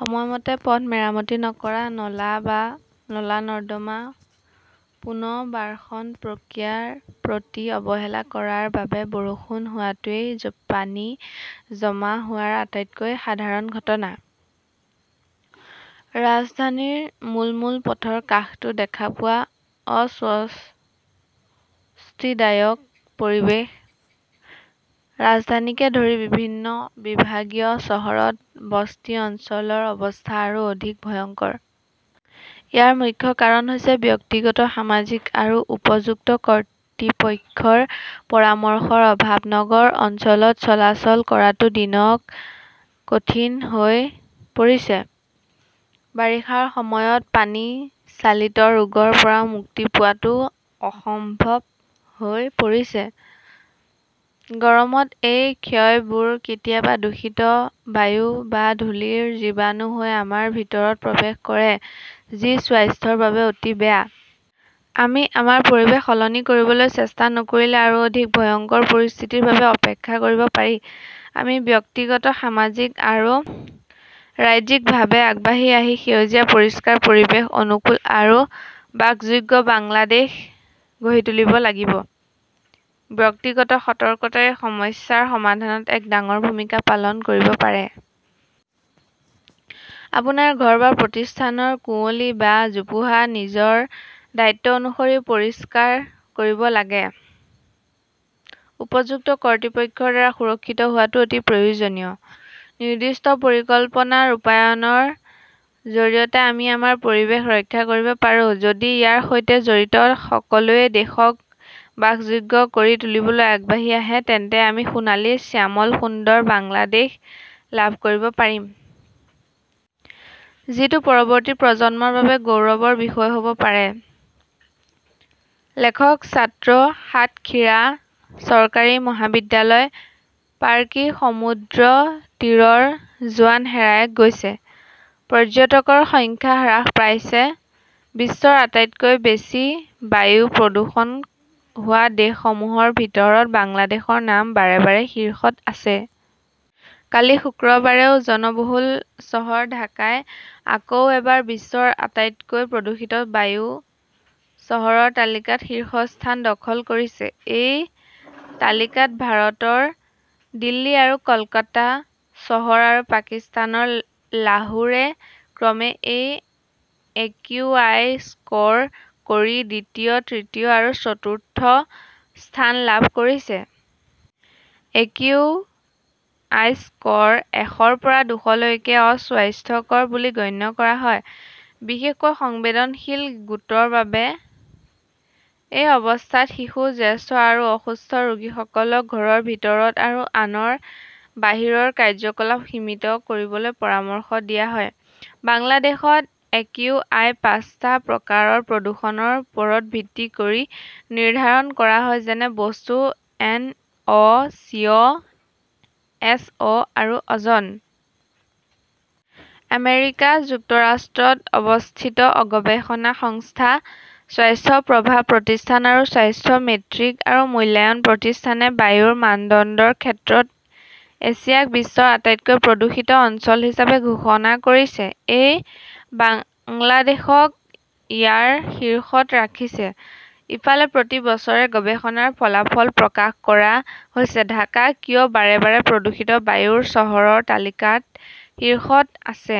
সময়মতে পথ মেৰামতি নকৰা, নলা বা নলা-নৰ্দমা পুনৰ্বাসন প্ৰক্ৰিয়াৰ প্ৰতি অৱহেলা কৰাৰ বাবে বৰষুণ হোৱাটোৱেই পানী জমা হোৱাৰ আটাইতকৈ সাধাৰণ ঘটনা। ৰাজধানীৰ মূল মূল পথৰ কাষটো দেখা পোৱা অস্বস্তিদায়ক পৰিৱেশ। ৰাজধানীকে ধৰি বিভিন্ন বিভাগীয় চহৰত বস্তি অঞ্চলৰ অৱস্থা আৰু অধিক ভয়ংকৰ। ইয়াৰ মুখ্য কাৰণ হৈছে ব্যক্তিগত, সামাজিক আৰু উপযুক্ত কৰ্তৃপক্ষৰ পৰামৰ্শৰ অভাৱ। নগৰ অঞ্চলত চলাচল কৰাটো দিনত কঠিন হৈ পৰিছে। বাৰিষাৰ সময়ত পানী-চালিত ৰোগৰ পৰা মুক্তি পোৱাটো অসম্ভৱ হৈ পৰিছে। গৰমত এই ক্ষয়বোৰ কেতিয়াবা দূষিত বায়ু বা ধূলিৰ জীৱাণু হৈ আমাৰ ভিতৰত প্ৰৱেশ কৰে যি স্বাস্থ্যৰ বাবে অতি বেয়া। আমি আমাৰ পৰিৱেশ সলনি কৰিবলৈ চেষ্টা নকৰিলে আৰু অধিক ভয়ংকৰ পৰিস্থিতিৰ বাবে অপেক্ষা কৰিব পাৰি। আমি ব্যক্তিগত, সামাজিক আৰু ৰাজ্যিকভাৱে আগবাঢ়ি আহি সেউজীয়া, পৰিষ্কাৰ পৰিৱেশ অনুকূল আৰু বাসযোগ্য বাংলাদেশ গঢ়ি তুলিব লাগিব। ব্যক্তিগত সতৰ্কতাই এই সমস্যা সমাধানত এক ডাঙৰ ভূমিকা পালন কৰিব পাৰে। আপোনাৰ ঘৰ বা প্ৰতিষ্ঠানৰ কুঁৱলী বা জোপোহা নিজৰ দায়িত্ব অনুসৰি পৰিষ্কাৰ কৰিব লাগিব। উপযুক্ত কৰ্তৃপক্ষৰ দ্বাৰা সুৰক্ষিত হোৱাটো অতি প্ৰয়োজনীয়। নিৰ্দিষ্ট পৰিকল্পনা ৰূপায়ণৰ জৰিয়তে আমি আমাৰ পৰিৱেশ ৰক্ষা কৰিব পাৰোঁ। যদি ইয়াৰ সৈতে জড়িত সকলোৱে দেশক বাসযোগ্য কৰি তুলিবলৈ আগবাঢ়ি আহে, তেন্তে আমি সোণালী শ্যামল সুন্দৰ বাংলাদেশ লাভ কৰিব পাৰিম। যিটো পৰৱৰ্তী প্ৰজন্মৰ বাবে গৌৰৱৰ বিষয় হ'ব পাৰে। লেখক ছাত্ৰ সাতখিৰা চৰকাৰী মহাবিদ্যালয়। পাৰ্কি সমুদ্ৰতীৰৰ জোৱান হেৰাই গৈছে, পৰ্যটকৰ সংখ্যা হ্ৰাস পাইছে, বিশ্বৰ আটাইতকৈ বেছি বায়ু প্ৰদূষণ হোৱা দেশসমূহৰ ভিতৰত বাংলাদেশৰ নাম বাৰে বাৰে শীৰ্ষত আছে। কালি শুক্ৰবাৰেও জনবহুল চহৰ ঢাকাই আকৌ এবাৰ বিশ্বৰ আটাইতকৈ প্ৰদূষিত বায়ু চহৰৰ তালিকাত শীৰ্ষস্থান দখল কৰিছে। এই তালিকাত ভাৰতৰ দিল্লী আৰু কলকাতা চহৰ আৰু পাকিস্তানৰ লাহোৰে ক্ৰমে আৰু একিউআই স্ক'ৰ কৰি দ্বিতীয়, তৃতীয় আৰু চতুৰ্থ স্থান লাভ কৰিছে। একিউআই স্ক'ৰ এশৰ পৰা দুশলৈকে অস্বাস্থ্যকৰ বুলি গণ্য কৰা হয়। বিশেষকৈ সংবেদনশীল গোটৰ বাবে। এই অৱস্থাত শিশু, জ্যেষ্ঠ আৰু অসুস্থ ৰোগীসকলক ঘৰৰ ভিতৰত আৰু আনৰ বাহিৰৰ কাৰ্যকলাপ সীমিত কৰিবলৈ পৰামৰ্শ দিয়া হয়। বাংলাদেশত একিউআই পাঁচটা প্ৰকাৰৰ প্ৰদূষণৰ ওপৰত ভিত্তি কৰি নিৰ্ধাৰণ কৰা হয়, যেনে বস্তু এন অ', চিঅ', এছ অ' আৰু অ'জন। আমেৰিকা যুক্তৰাষ্ট্ৰত অৱস্থিত গৱেষণা সংস্থা স্বাস্থ্য প্ৰভাৱ প্ৰতিষ্ঠান আৰু স্বাস্থ্য মেট্ৰিক আৰু মূল্যায়ন প্ৰতিষ্ঠানে বায়ুৰ মানদণ্ডৰ ক্ষেত্ৰত এছিয়াক বিশ্বৰ আটাইতকৈ প্ৰদূষিত অঞ্চল হিচাপে ঘোষণা কৰিছে আৰু বাংলাদেশক ইয়াৰ শীৰ্ষত ৰাখিছে। ইফালে, প্ৰতি বছৰে গৱেষণাৰ ফলাফল প্ৰকাশ কৰা হৈছে, ঢাকা কিয় বাৰে বাৰে প্ৰদূষিত বায়ুৰ চহৰৰ তালিকাত শীৰ্ষত আছে।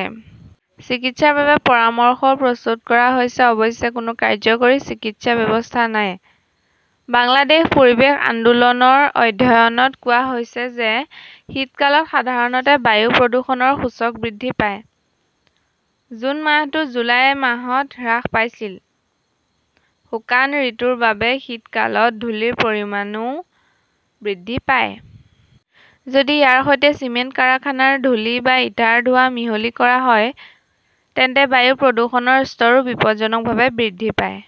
চিকিৎসাৰ বাবে পৰামৰ্শও প্ৰস্তুত কৰা হৈছে। অৱশ্যে, কোনো কাৰ্যকৰী চিকিৎসা ব্যৱস্থা নাই। বাংলাদেশ পৰিৱেশ আন্দোলনৰ অধ্যয়নত কোৱা হৈছে যে, শীতকালত সাধাৰণতে বায়ু প্ৰদূষণৰ সূচক বৃদ্ধি পায়। জুন মাহটো জুলাই মাহত হ্ৰাস পাইছিল। শুকান ঋতুৰ বাবে শীতকালত ধূলিৰ পৰিমাণও বৃদ্ধি পায়। যদি ইয়াৰ সৈতে চিমেণ্ট কাৰখানাৰ ধূলি বা ইটাৰ ধোঁৱা মিহলি কৰা হয়, তেন্তে বায়ু প্ৰদূষণৰ স্তৰো বিপদজনকভাৱে বৃদ্ধি পায়।